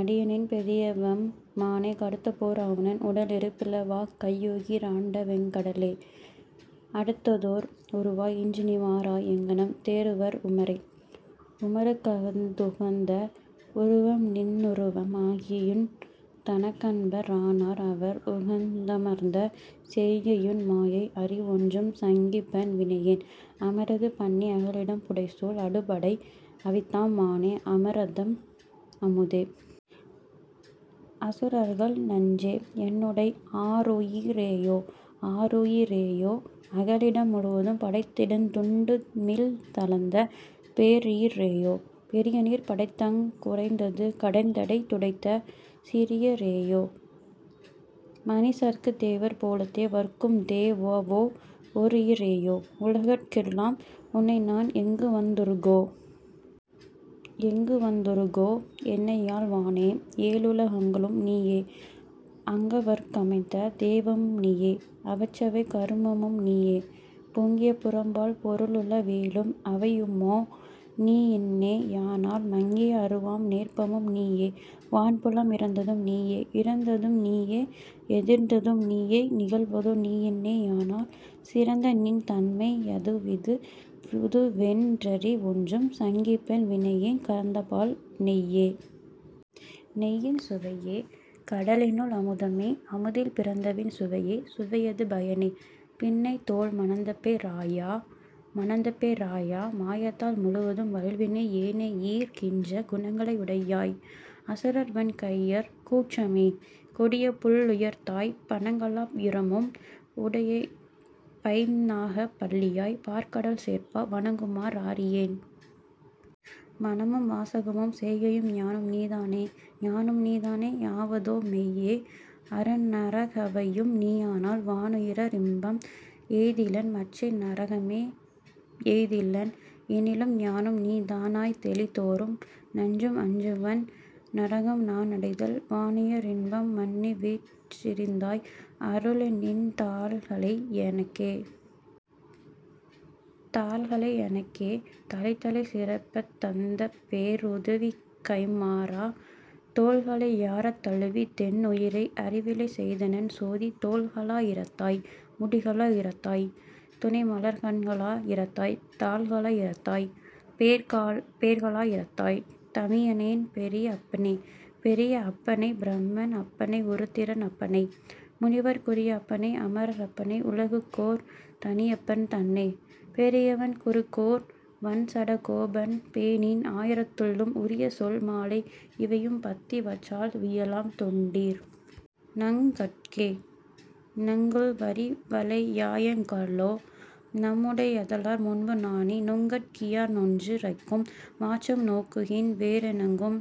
அடியனேன் பெரியவம் மானே, கடுத்தபோர் அவுணன் உடலிரு பிளவாக் கையுகி ராண்டவெங் கடலே, அடுத்ததோர் உருவாய் இன்றுநீ வாராய்। எங்ஙனம் தேறுவர் உமரே?. உமருகந் துகந்த வுருவம்நின் னுருவம் ஆகியுன் தனக்கன்ப ரானார் அவர், உகந் தமர்ந்த செய்கையுன் மாயை அறிவொன்றும் சங்கிப்பன் வினையேன், அமரது பண்ணி அகலிடம் புடைசூழ் அடுபடை அவித்தாம் மானே, அமரர்தம் அமுதே. அசுரர்கள் நஞ்சே. என்னுடை ஆருயி ரேயோ.. ஆருயி ரேயோ. அகலிடம் முழுவதும் படைத்திடந் துண்டுமிழ்ந் தளந்த, பேருயி ரேயோ. பெரியநீர் படைத்தங் குறைந்தது கடைந்தடைத் துடைத்த, சீரிய ரேயோ. மனிசர்க்குத் தேவர் போலத்தே வர்க்கும்தே வாவோ, ஒருயி ரேயோ. உலகங்கட் கெல்லாம் உன்னைநான் எங்குவந் துறுகோ?. எங்குவந் துறுகோ என்னையாள் வானே. ஏழுல கங்களும் நீயே, அங்கவர்க் கமைத்த தெய்வமும் நீயே அவற்றவை கருமமும் நீயே, பொங்கிய புறம்பால் பொருளுள வேலும் அவையுமோ நீயின்னே யானால் மங்கிய அருவாம் நேர்ப்பமும் நீயே வான்புலம் இறந்ததும் நீயே.. இறந்ததும் நீயே எதிர்ந்ததும் நீயே நிகழ்வதோ நீயின்னே யானால், சிறந்தநின் தன்மை யதுவிது வுதுவென் றறிவொன்றும் சங்கிப்பன் வினையேன், கறந்தபால் நெய்யே. நெய்யின் சுவையே. கடலினுள் அமுதமே, அமுதில் பிறந்தவின் சுவையே. சுவையது பயனே. பின்னைதோள் மணந்தபே ராயா.. மணந்தபே ராயா. மாயத்தால் முழுவதும் வல்வினை யேனையீர் கின்ற, குணங்களை யுடையாய். அசுரர்வன் கையர் கூற்றமே. கொடியபுள் ளுயர்த்தாய், பணங்களா யிரமும் உடையபைந் நாகப் பள்ளியாய். பாற்கடல் சேர்ப்பா, வணங்குமா றாறியேன். மனமும்வா சகமும் செய்கையும் யானும்நீ தானே.. யானும்நீ தானே யாவதோ மெய்யே அருநர கவையும் நீயானால், வானுய ரின்பம் எய்திலென் மற்றை நரகமே யெய்திலென்? எனிலும், யானும்நீ தானாய்த் தெளிதொறும் நன்றும் அஞ்சுவன் நரகம்நா னடைதல், வானுய ரின்பம் மன்னிவீற் றிருந்தாய். அருளுநின் தாள்களை யெனக்கே.. தாள்களை யெனக்கே தலைத்தலை சிறப்பத் தந்தபே ருதவிக்கைம் மாறா, தோள்களை யாரத் தழுவிதென் னுயிரை அறவிலை செய்தனன் சோதீ, தோள்களா யிரத்தாய். முடிகளா யிரத்தாய். துணைமலர்க் கண்களா யிரத்தாய், தாள்களா யிரத்தாய். பேர்களா யிரத்தாய். தமியனேன் பெரிய அப்பனே. பெரிய அப்பனைப் பிரம்மன் அப்பனை உருத்திரன் அப்பனை, முனிவர்க் குரிய அப்பனை அமர் அப்பனை உலகுக்கோர் தனியப்பன் தன்னை, பெரியவண் குருகூர் வண்சட கோபன் பேணின ஆயிரத் துள்ளும், உரியசொல் மாலை இவையும்பத் திவற்றால் உயலாம் தொண்டீர். நங் கட்கே. நங்கள் வரிவளை யாயங் காளோ. நம்முடை ஏதலர் முன்பு நாணி, நுங்கட் கியானொன்று ரைக்கும் மாற்றம் நோக்குகின் றேனெங்கும்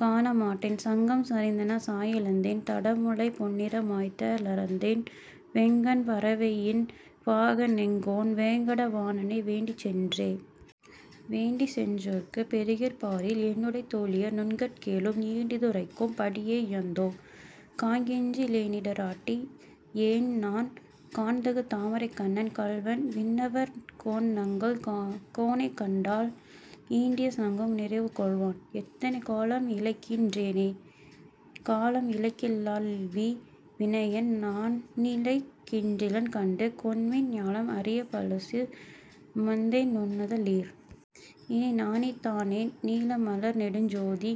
காண மாட்டேன், சங்கம் சரிந்தன சாயி ழந்தேன் தடமுலை பொன்னிற மாய்த்த ளர்ந்தேன், வெங்கண் பறவையின் பாக னெங்கோன் வேங்கட வாணணை வேண்டிச் சென்றே.. வேண்டிச்சென் றொன்று பெறுகிற் பாரில் என்னுடைத் தோழியர் நுங்கட் கேலும், ஈண்டிது ரைக்கும் படியை யந்தோ. காண்கின்றி லேனிட ராட்டி யேன்நான், காண்தகு தாமரைக் கண்ணன் கள்வன் விண்ணவர் கோன்நங்கள் கோனைக் கண்டால், ஈண்டிய சங்கும் நிறைவும் கொள்வான் எத்தனை காலம் இளைக்கின் றேனே.. காலம் இளைக்கிலல் லால்வி னையேன் நானிளைக் கின்றிலன் கண்டு கொண்மின், ஞாலம் அறியப் பழசு மந்தேன் நன்னுத லீர். இனி நாணித் தானென், நீல மலர்நெடுஞ் சோதி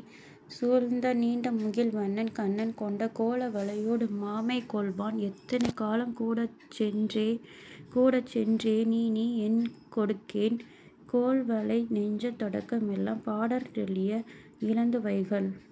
சூழ்ந்த நீண்ட முகில்வண்ணன் கண்ணன் கொண்ட, கோல வளையொடு மாமை கொள்வான் எத்தனை காலம்கூ டச்சென்றே?. கூடச்சென் றேனினி என்கொ டுக்கேன்? கோல்வளை நெஞ்சத் தொடக்க மெல்லாம், பாடற் றொழிய இழந்து வைகல்